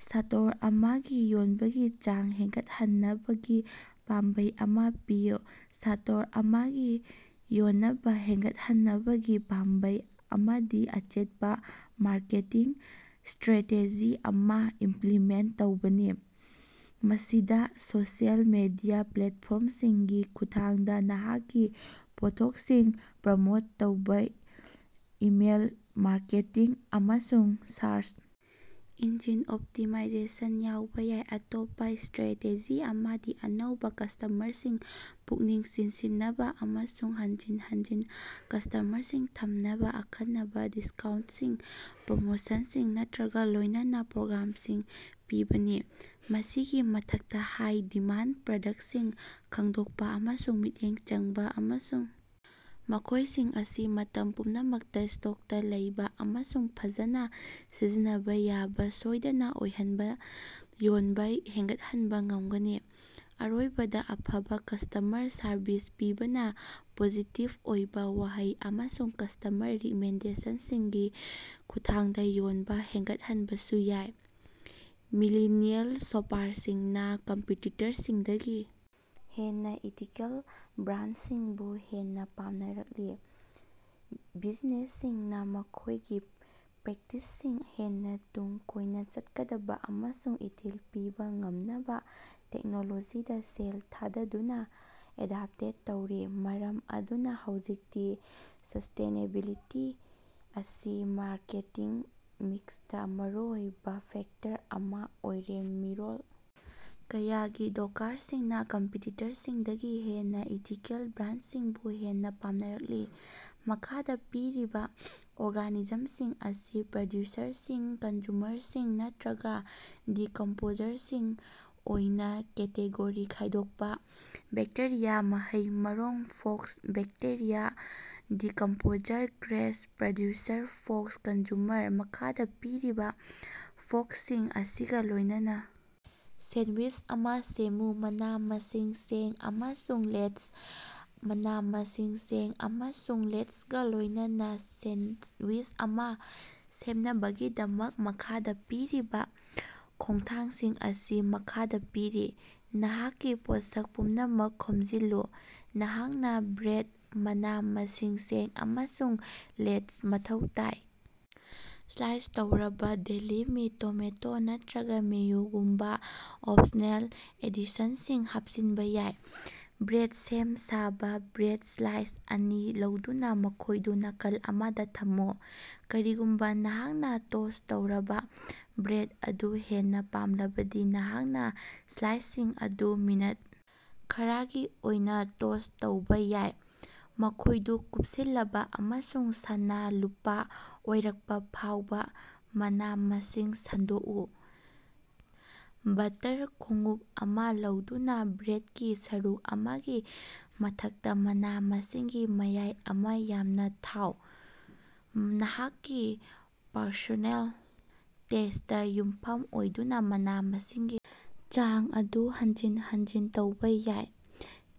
Store ꯑꯃꯒꯤ ꯌꯣꯟꯕꯒꯤ ꯆꯥꯡ ꯍꯦꯟꯒꯠꯍꯟꯅꯕꯒꯤ ꯄꯥꯝꯕꯩ ꯑꯃ ꯄꯤꯌꯨ꯫ ꯁ꯭ꯇꯣꯔ ꯑꯃꯒꯤ ꯌꯣꯟꯅꯕ ꯍꯦꯅꯒꯠꯍꯟꯅꯕꯒꯤ ꯄꯥꯝꯕꯩ ꯑꯃꯗꯤ ꯑꯆꯦꯠꯄ ꯃꯥꯔꯀꯦꯇꯤꯡ ꯁ꯭ꯇꯔꯦꯇꯦꯖꯤ ꯑꯃ ꯏꯃꯞꯂꯤꯃꯦꯟꯇ ꯇꯧꯕꯅꯤ꯫ ꯃꯁꯤꯗ ꯁꯣꯁꯤꯑꯦꯜ ꯃꯦꯗꯤꯌꯥ ꯄ꯭ꯂꯦꯠꯐꯣꯔꯝꯁꯤꯡꯒꯤ ꯈꯨꯠꯊꯥꯡꯗ ꯅꯍꯥꯛꯀꯤ ꯄꯣꯠꯊꯣꯛꯁꯤꯡ ꯄ꯭ꯔꯃꯣꯠ ꯇꯧꯕ, ꯏꯃꯦꯜ ꯃꯥꯔꯀꯦꯇꯤꯡ, ꯑꯃꯁꯨꯡ ꯁꯔꯆ ꯏꯟꯖꯤꯟ ꯑꯣꯞꯇꯤꯃꯥꯏꯖꯦꯁꯟ ꯌꯥꯎꯕ ꯌꯥꯏ꯫ ꯑꯇꯣꯞꯄ ꯁ꯭ꯇꯔꯦꯇꯦꯖꯤ ꯑꯃꯗꯤ ꯑꯅꯧꯕ ꯀꯁ꯭ꯇꯃꯔꯁꯤꯡ ꯄꯨꯛꯅꯤꯡ ꯆꯤꯡꯁꯤꯟꯅꯕ ꯑꯃꯁꯨꯡ ꯍꯟꯖꯤꯟ ꯍꯟꯖꯤꯟ ꯀꯁ꯭ꯇꯃꯔꯁꯤꯡ ꯊꯝꯅꯕ ꯑꯈꯟꯅꯕ ꯗꯤꯁꯀꯥꯎꯟꯇꯁꯤꯡ, ꯄ꯭ꯔꯣꯃꯣꯁꯟꯁꯤꯡ ꯅꯠꯇ꯭ꯔꯒ ꯂꯣꯏꯅꯕ ꯄ꯭ꯔꯣꯒ꯭ꯔꯥꯝꯁꯤꯡ ꯄꯤꯕꯅꯤ꯫ ꯃꯁꯤꯒꯤ ꯃꯊꯛꯇ ꯍꯥꯏ ꯗꯤꯃꯥꯟꯗ ꯄ꯭ꯔꯗꯛꯁꯤꯡ ꯈꯪꯗꯣꯛꯄ ꯑꯃꯁꯨꯡ ꯃꯤꯠꯌꯦꯡ ꯆꯪꯕ ꯑꯃꯁꯨꯡ ꯃꯈꯣꯏꯁꯤꯡ ꯑꯁꯤ ꯃꯇꯝ ꯄꯨꯝꯅꯃꯛꯇ ꯁ꯭ꯇꯣꯛꯇ ꯂꯩꯕ ꯑꯃꯁꯨꯡ ꯐꯖꯅ ꯁꯤꯖꯤꯟꯅꯕ ꯌꯥꯕ ꯁꯣꯏꯗꯅ ꯑꯣꯏꯍꯟꯕ ꯌꯣꯟꯕ ꯍꯦꯟꯒꯠꯍꯟꯕ ꯉꯝꯒꯅꯤ꯫ ꯑꯔꯣꯏꯕꯗ ꯑꯐꯕ ꯀꯁ꯭ꯇꯃꯔ ꯁꯔꯕꯤꯁ ꯄꯤꯕꯅ ꯄꯣꯖꯤꯇꯤꯕ ꯑꯣꯏꯕ ꯋꯥꯍꯩ ꯑꯃꯁꯨꯡ ꯀꯁ꯭ꯇꯃꯔ ꯔꯤꯛꯃꯦꯟꯗꯦꯁꯟꯁꯤꯡꯒꯤ ꯈꯨꯠꯊꯥꯡꯗ ꯌꯣꯟꯕ ꯍꯦꯟꯒꯠꯍꯟꯕꯁꯨ ꯌꯥꯏ꯫ ꯃꯤꯂꯤꯅꯤꯑꯦꯜ ꯁꯣꯄꯥꯔꯁꯤꯡꯅꯥ ꯀꯝꯄꯤꯇꯤꯇꯔꯁꯤꯡꯗꯒꯤ ꯍꯦꯟꯅ ꯏꯊꯤꯀꯦꯜ ꯕ꯭ꯔꯥꯟꯗꯁꯤꯡꯕꯨ ꯍꯦꯟꯅ ꯄꯥꯝꯅꯔꯛꯂꯤ꯫ ꯕꯤꯖꯤꯅꯦꯁꯁꯤꯡꯅ ꯃꯈꯣꯏꯒꯤ ꯄ꯭ꯔꯦꯛꯇꯤꯁꯁꯤꯡ ꯍꯦꯟꯅ ꯇꯨꯡ ꯀꯣꯏꯅ ꯆꯠꯀꯗꯕ ꯑꯃꯁꯨꯡ ꯏꯊꯤꯜ ꯄꯤꯕ ꯉꯝꯅꯕ ꯇꯦꯛꯅꯣꯂꯣꯖꯤꯗ ꯁꯦꯜ ꯊꯥꯗꯗꯨꯅ ꯑꯦꯗꯥꯞꯇꯦꯠ ꯇꯧꯔꯤ꯫ ꯃꯔꯝ ꯑꯗꯨꯅ ꯍꯧꯖꯤꯛꯇꯤ ꯁꯁ꯭ꯇꯦꯅꯦꯕꯤꯂꯤꯇꯤ ꯑꯁꯤ ꯃꯥꯔꯀꯦꯇꯤꯡ ꯃꯤꯛꯁꯇ ꯃꯔꯨꯑꯣꯏꯕ ꯐꯦꯛꯇꯔ ꯑꯃ ꯑꯣꯏꯔꯦ꯫ ꯃꯤꯔꯣꯜ ꯀꯌꯥꯒꯤ ꯗꯣꯀꯔꯁꯤꯡꯅ ꯀꯝꯄꯤꯇꯤꯇꯔꯁꯤꯡꯗꯒꯤ ꯍꯦꯟꯅ ꯏꯊꯤꯀꯦꯜ ꯕ꯭ꯔꯥꯟꯗꯁꯤꯡꯕꯨ ꯍꯦꯟꯅꯥ ꯄꯥꯝꯅꯔꯛꯂꯤ꯫ ꯃꯈꯥꯗ ꯄꯤꯔꯤꯕ ꯑꯣꯔꯒꯥꯅꯤꯖꯝꯁꯤꯡ ꯑꯁꯤ ꯄ꯭ꯔꯗ꯭ꯌꯨꯁꯔꯁꯤꯡ, ꯀꯟꯖ꯭ꯌꯨꯃꯔꯁꯤꯡ ꯅꯠꯇ꯭ꯔꯒ ꯗꯤꯀꯃꯄꯣꯖꯔꯁꯤꯡ ꯑꯣꯏꯅ ꯀꯦꯇꯦꯒꯣꯔꯤ ꯈꯥꯏꯗꯣꯛꯄ꯫ ꯕꯦꯛꯇꯦꯔꯤꯌꯥ, ꯃꯍꯩ-ꯃꯔꯣꯡ, fox. Bacteria: decomposer grass: producer fox: consumer. ꯃꯈꯥꯗ ꯄꯤꯔꯤꯕ ꯐꯣꯛꯁꯁꯤꯡ ꯑꯁꯤꯒ ꯂꯣꯏꯅꯅ ꯁꯦꯟꯗꯋꯤꯁ ꯑꯃ ꯁꯦꯝꯃꯨ: ꯃꯅꯥ-ꯃꯁꯤꯡ, ꯆꯦꯡ, ꯑꯃꯁꯨꯡ ꯂꯦꯇꯆ꯫ ꯃꯅꯥ-ꯃꯁꯤꯡ, ꯆꯦꯡ ꯑꯃꯁꯨꯡ ꯂꯦꯇꯆꯒ ꯂꯣꯏꯅꯅ ꯁꯦꯟꯗꯋꯤꯁ ꯑꯃ ꯁꯦꯝꯅꯕꯒꯤꯗꯃꯛ ꯃꯈꯥꯗꯥ ꯄꯤꯔꯤꯕ ꯈꯣꯡꯊꯥꯡꯁꯤꯡ ꯑꯁꯤ ꯃꯈꯥꯗ ꯄꯤꯔꯤ: ꯅꯍꯥꯛꯀꯤ ꯄꯣꯠꯁꯛ ꯄꯨꯝꯅꯃꯛ ꯈꯣꯝꯖꯤꯜꯂꯨ: ꯅꯍꯥꯛꯅ ꯕ꯭ꯔꯦꯗ, ꯃꯅꯥ-ꯃꯁꯤꯡ, ꯆꯦꯡ, ꯑꯃꯁꯨꯡ ꯂꯦꯇꯆ ꯃꯊꯧ ꯇꯥꯏ꯫ ꯁ꯭ꯂꯥꯏꯁ ꯇꯧꯔꯕ ꯗꯦꯂꯤ ꯃꯤꯠ, ꯇꯣꯃꯦꯇꯣ ꯅꯠꯇ꯭꯭ꯔꯒ ꯃꯦꯌꯣꯒꯨꯝꯕ ꯑꯣꯄꯁꯅꯦꯜ ꯑꯦꯗꯤꯁꯟꯁꯤꯡ ꯍꯥꯄꯆꯤꯟꯕ ꯌꯥꯏ꯫ ꯕ꯭ꯔꯦꯗ ꯁꯦꯝ-ꯁꯥꯕ: ꯕ꯭ꯔꯦꯗ ꯁ꯭ꯂꯥꯏꯁ ꯑꯅꯤ ꯂꯧꯗꯨꯅ ꯃꯈꯣꯏꯗꯨ ꯅꯥꯀꯜ ꯑꯃꯗ ꯊꯝꯃꯨ꯫ ꯀꯔꯤꯒꯨꯝꯕ ꯅꯍꯥꯛꯅ ꯇꯣꯁ꯭ꯠ ꯇꯧꯔꯕ ꯕ꯭ꯔꯦꯗ ꯑꯗꯨ ꯍꯦꯟꯅ ꯄꯥꯝꯂꯕꯗꯤ ꯅꯍꯥꯛꯅ ꯁ꯭ꯂꯥꯏꯁꯁꯤꯡ ꯑꯗꯨ ꯃꯤꯅꯠ ꯈꯔꯒꯤ ꯑꯣꯏꯅ ꯇꯣꯁ꯭ꯠ ꯇꯧꯕꯥ ꯌꯥꯏ ꯫ ꯃꯈꯣꯏꯗꯨ ꯀꯨꯄꯁꯤꯜꯂꯕ ꯑꯃꯁꯨꯡ ꯁꯅꯥ-ꯂꯨꯄꯥ ꯑꯣꯏꯔꯛꯄ ꯐꯥꯎꯕꯥ ꯃꯅꯥ-ꯃꯁꯤꯡ ꯁꯟꯗꯣꯛꯎ: ꯕꯠꯇꯔ ꯈꯣꯡꯎꯞ ꯑꯃ ꯂꯧꯗꯨꯅ ꯕ꯭ꯔꯦꯗꯀꯤ ꯁꯔꯨꯛ ꯑꯃꯒꯤ ꯃꯊꯛꯇ ꯃꯅꯥ-ꯃꯁꯤꯡꯒꯤ ꯃꯌꯥꯏ ꯑꯃ ꯌꯥꯝꯅ ꯊꯥꯎ꯫ ꯅꯍꯥꯛꯀꯤ ꯄꯔꯁꯣꯅꯦꯜ ꯇꯦꯁ꯭ꯇꯇ ꯌꯨꯝꯐꯝ ꯑꯣꯏꯗꯨꯅ ꯃꯅꯥ-ꯃꯁꯤꯡꯒꯤ ꯆꯥꯡ ꯑꯗꯨ ꯍꯟꯖꯤꯟ ꯍꯟꯖꯤꯟ ꯇꯧꯕ ꯌꯥꯏ꯫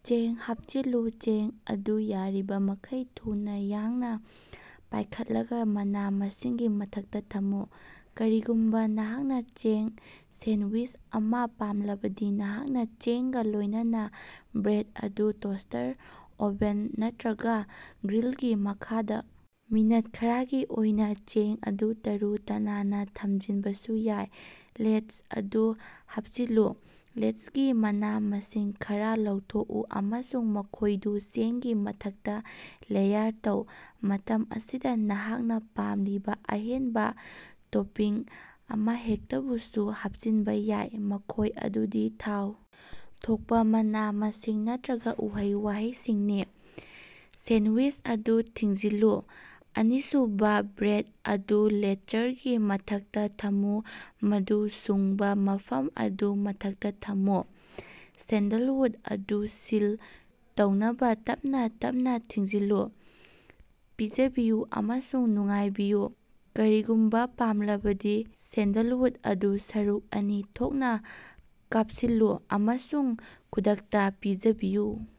ꯆꯦꯡ ꯍꯥꯄꯆꯤꯜꯂꯨ: ꯆꯦꯡ ꯑꯗꯨ ꯌꯥꯔꯤꯕꯃꯈꯩ ꯊꯨꯅ ꯌꯥꯡꯅ ꯄꯥꯏꯈꯠꯂꯒ ꯃꯅꯥ-ꯃꯁꯤꯡꯒꯤ ꯃꯊꯛꯇ ꯊꯝꯃꯨ꯫ ꯀꯔꯤꯒꯨꯝꯕ ꯅꯍꯥꯛꯅ ꯆꯦꯡ ꯁꯦꯟꯗꯋꯤꯁ ꯑꯃ ꯄꯥꯝꯂꯕꯗꯤ ꯅꯍꯥꯛꯅ ꯆꯦꯡꯒ ꯂꯣꯏꯅꯅ ꯕ꯭ꯔꯦꯗ ꯑꯗꯨ ꯇꯣꯁ꯭ꯇꯔ ꯑꯣꯚꯟ ꯅꯠꯇ꯭ꯔꯒ ꯒ꯭ꯔꯤꯜꯒꯤ ꯃꯈꯥꯗ ꯃꯤꯅꯠ ꯈꯔꯒꯤ ꯑꯣꯏꯅ ꯆꯦꯡ ꯑꯗꯨ ꯇꯔꯨ-ꯇꯅꯥꯟꯅ ꯊꯝꯖꯤꯟꯕꯁꯨ ꯌꯥꯏ꯫ ꯂꯦꯇꯆ ꯑꯗꯨ ꯍꯥꯞꯆꯤꯜꯂꯨ: ꯂꯦꯇꯆꯒꯤ ꯃꯅꯥ-ꯃꯁꯤꯡ ꯈꯔꯥ ꯂꯧꯊꯣꯛꯎ ꯑꯃꯁꯨꯡ ꯃꯈꯣꯏꯗꯨ ꯆꯦꯡꯒꯤ ꯃꯊꯛꯇ ꯂꯦꯌꯥꯔ ꯇꯧ꯫ ꯃꯇꯝ ꯑꯁꯤꯗ ꯅꯍꯥꯛꯅ ꯄꯥꯝꯂꯤꯕ ꯑꯍꯦꯟꯕ ꯇꯣꯄꯤꯡ ꯑꯃꯍꯦꯛꯇꯕꯨꯁꯨ ꯍꯥꯄꯆꯤꯟꯕ ꯌꯥꯏ꯫ ꯃꯈꯣꯏ ꯑꯗꯨꯗꯤ ꯊꯥꯎ ꯊꯣꯛꯄ ꯃꯅꯥ-ꯃꯁꯤꯡ ꯅꯠꯇ꯭ꯔꯒ ꯎꯍꯩ-ꯋꯥꯍꯩꯁꯤꯡꯅꯤ꯫ ꯁꯦꯟꯗꯋꯤꯁ ꯑꯗꯨ ꯊꯤꯡꯖꯤꯜꯂꯨ: ꯑꯅꯤꯁꯨꯕꯥ ꯕ꯭ꯔꯦꯗ ꯑꯗꯨ ꯂꯦꯇꯆꯔꯒꯤ ꯃꯊꯛꯇ ꯊꯝꯃꯨ ꯃꯗꯨ ꯁꯨꯡꯕ ꯃꯐꯝ ꯑꯗꯨ ꯃꯊꯛꯇ ꯊꯝꯃꯨ꯫ ꯁꯦꯟꯗꯂꯋꯨꯗ ꯑꯗꯨ ꯁꯤꯜ ꯇꯧꯅꯕꯥ ꯇꯞꯅꯥ ꯇꯞꯅꯥ ꯊꯤꯡꯖꯤꯜꯂꯨ꯫ ꯄꯤꯖꯕꯤꯌꯨ ꯑꯃꯁꯨꯡ ꯅꯨꯡꯉꯥꯏꯕꯤꯌꯨ: ꯀꯔꯤꯒꯨꯝꯕꯥ ꯄꯥꯝꯂꯕꯗꯤ ꯁꯦꯟꯗꯂꯋꯨꯗ ꯑꯗꯨ ꯁꯔꯨꯛ ꯑꯅꯤ ꯊꯣꯛꯅꯥ ꯀꯥꯞꯁꯤꯜꯂꯨ, ꯑꯃꯁꯨꯡ ꯈꯨꯗꯛꯇ ꯄꯤꯖꯕꯤꯌꯨ꯫